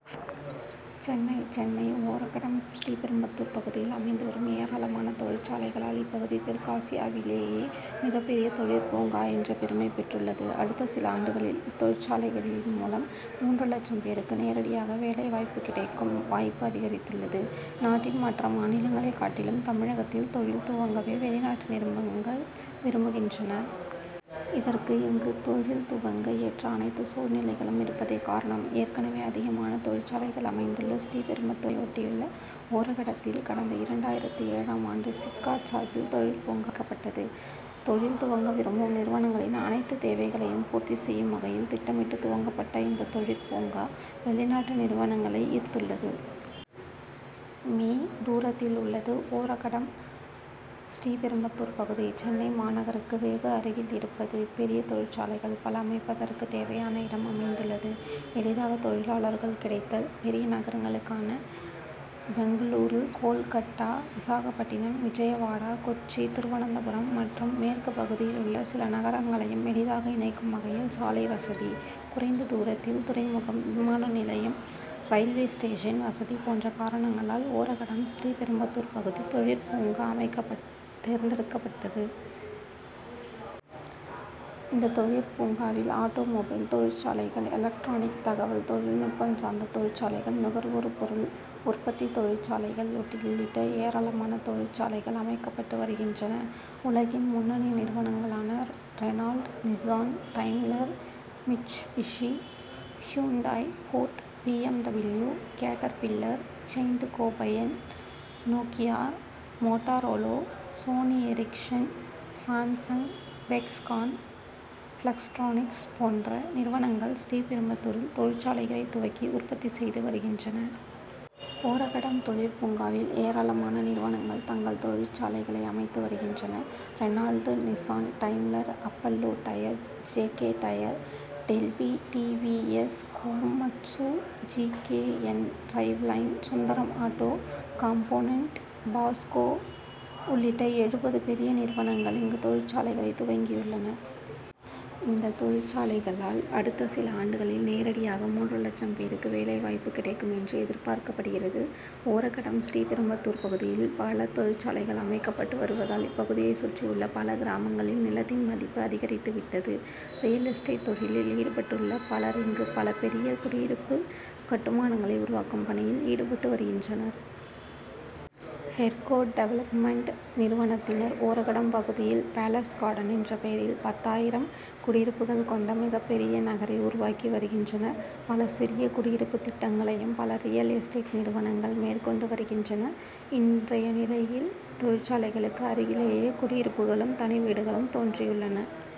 சென்னை சென்னை ஒரகடம் ஸ்ரீபெரும்புதூர் பகுதியில் அமைந்து வரும் ஏராளமான தொழிற்சாலைகளால் இப்பகுதி தெற்காசியவிலேயே மிகப்பெரிய தொழிற் பூங்கா என்ற பெருமை பெற்றுள்ளது. அடுத்த சில ஆண்டுகளில், இத்தொழிற்சாலைகளின் மூலம் மூன்று லட்சம் பேருக்கு நேரடியாக வேலை வாய்ப்பு கிடைக்கும் வாய்ப்பு அதிகரித்துள்ளது. நாட்டின் மற்ற மாநிலங்களை காட்டிலும், தமிழகத்தில் தொழில் துவங்கவே வெளிநாட்டு நிறுவனங்கள் விரும்புகின்றன. இதற்கு, இங்கு தொழில் துவங்க ஏற்ற அனைத்து சூழ்நிலைகளும் இருப்பதே காரணம். ஏற்கனவே அதிகமான தொழிற்சாலைகள் அமைந்துள்ள ஸ்ரீபெரும்புதூரை ஒட்டியுள்ள ஒரகடத்தில், கடந்த இரண்டாயிரத்து ஏழாம் ஆண்டு சிப்காட் சார்பில் தொழிற்பூங்கா அமைக்கப்பட்டது. தொழில் துவங்க விரும்பும் நிறுவனங்களின் அனைத்து தேவைகளையும் பூர்த்தி செய்யும் வகையில் திட்டமிட்டு, துவக்கப்பட்ட இந்த தொழிற்பூங்கா, வெளிநாட்டு நிறுவனங்களை ஈர்த்துள்ளது. மீ., தூரத்தில் உள்ளது ஒரகடம் ஸ்ரீபெரும்புதூர் பகுதி. சென்னை மாநகருக்கு வெகு அருகில் இருப்பது; பெரிய தொழிற்சாலைகள் பல அமைப்பதற்கு தேவையான இடம் அமைந்துள்ளது; எளிதாக தொழிலாளர்கள் கிடைத்தல்; பெரிய நகரங்களான பெங்களூரு, கோல்கட்டா, விசாகப்பட்டினம், விஜயவாடா, கொச்சி, திருவனந்தபுரம் மற்றும் மேற்கு பகுதியில் உள்ள சில நகரங்களையும் எளிதாக இணைக்கும் வகையில் சாலை வசதி; குறைந்த தூரத்தில் துறைமுகம், விமான நிலையம், ரயில்வே ஸ்டேஷன் வசதி போன்ற காரணங்களால் ஒரகடம் ஸ்ரீபெரும்புதூர் பகுதி தொழிற் பூங்கா அமைக்க தேர்ந்தெடுக்கப்பட்டது. இந்த தொழிற் பூங்காவில் ஆட்டோ மொபைல் தொழிற்சாலைகள், எலக்ட்ரானிக், தகவல் தொழில்நுட்பம் சார்ந்த தொழிற்சாலைகள், நுகர்வோர் பொருள் உற்பத்தி தொழிற்சாலைகள் உள்ளிட்ட ஏராளமான தொழிற்சாலைகள் அமைக்கப்பட்டு வருகின்றன. உலகின் முன்னணி நிறுவனங்களான Renault, Nissan, Daimler, Mitsubishi, Hyundai, Ford, B. M. W., Caterpillar, Saint Gobain, Nokia, Motorola, Sony Ericsson, Samsung, Foxconn, Flextronics போன்ற நிறுவனங்கள் ஸ்ரீபெரும்புதூரில் தொழிற்சாலைகளை துவக்கி, உற்பத்தி செய்து வருகின்றன. ஒரகடம் தொழிற்பூங்காவில், ஏராளமான நிறுவனங்கள் தங்கள் தொழிற்சாலைகளை அமைத்து வருகின்றன. Renault Nissan, Daimler, Apollo tyre, J. K. Tyre, Delphi T. V. S., Komatsu, G. K. N Driveline, Sundaram auto component, Posco உள்ளிட்ட எழுபது பெரிய நிறுவனங்கள் இங்கு தொழிற்சாலைகளை துவங்கியுள்ளன. இந்த தொழிற்சாலைகளால், அடுத்த சில ஆண்டுகளில் நேரடியாக மூன்று லட்சம் பேருக்கு வேலை வாய்ப்பு கிடைக்கும் என்று எதிர்பார்க்கப்படுகிறது. ஒரகடம் ஸ்ரீபெரும்புதூர் பகுதியில் பல தொழிற்சாலைகள் அமைக்கப்பட்டு வருவதால் இப்பகுதியை சுற்றி உள்ள பல கிராமங்களில் நிலத்தின் மதிப்பு அதிகரித்து விட்டது. ரியல் எஸ்டேட் தொழிலில் ஈடுபட்டுள்ள பலர், இங்கு பல பெரிய குடியிருப்பு கட்டுமானங்களை உருவாக்கும் பணியில் ஈடுபட்டு வருகின்றனர். ஹெர்கோ டெவலப்மென்ட் நிறுவனத்தினர் ஒரகடம் பகுதியில் "பேலஸ் கார்டன் என்ற பெயரில் பத்தாயிரம் குடியிருப்புகள் கொண்ட மிகப்பெரிய நகரை உருவாக்கி வருகின்றனர். பல சிறிய குடியிருப்பு திட்டங்களையும் பல ரியல் எஸ்டேட் நிறுவனங்கள் மேற்கொண்டு வருகின்றன. இன்றைய நிலையில், தொழிற்சாலைகளுக்கு அருகிலேயே குடியிருப்புகளும், தனி வீடுகளும் தோன்றியுள்ளன.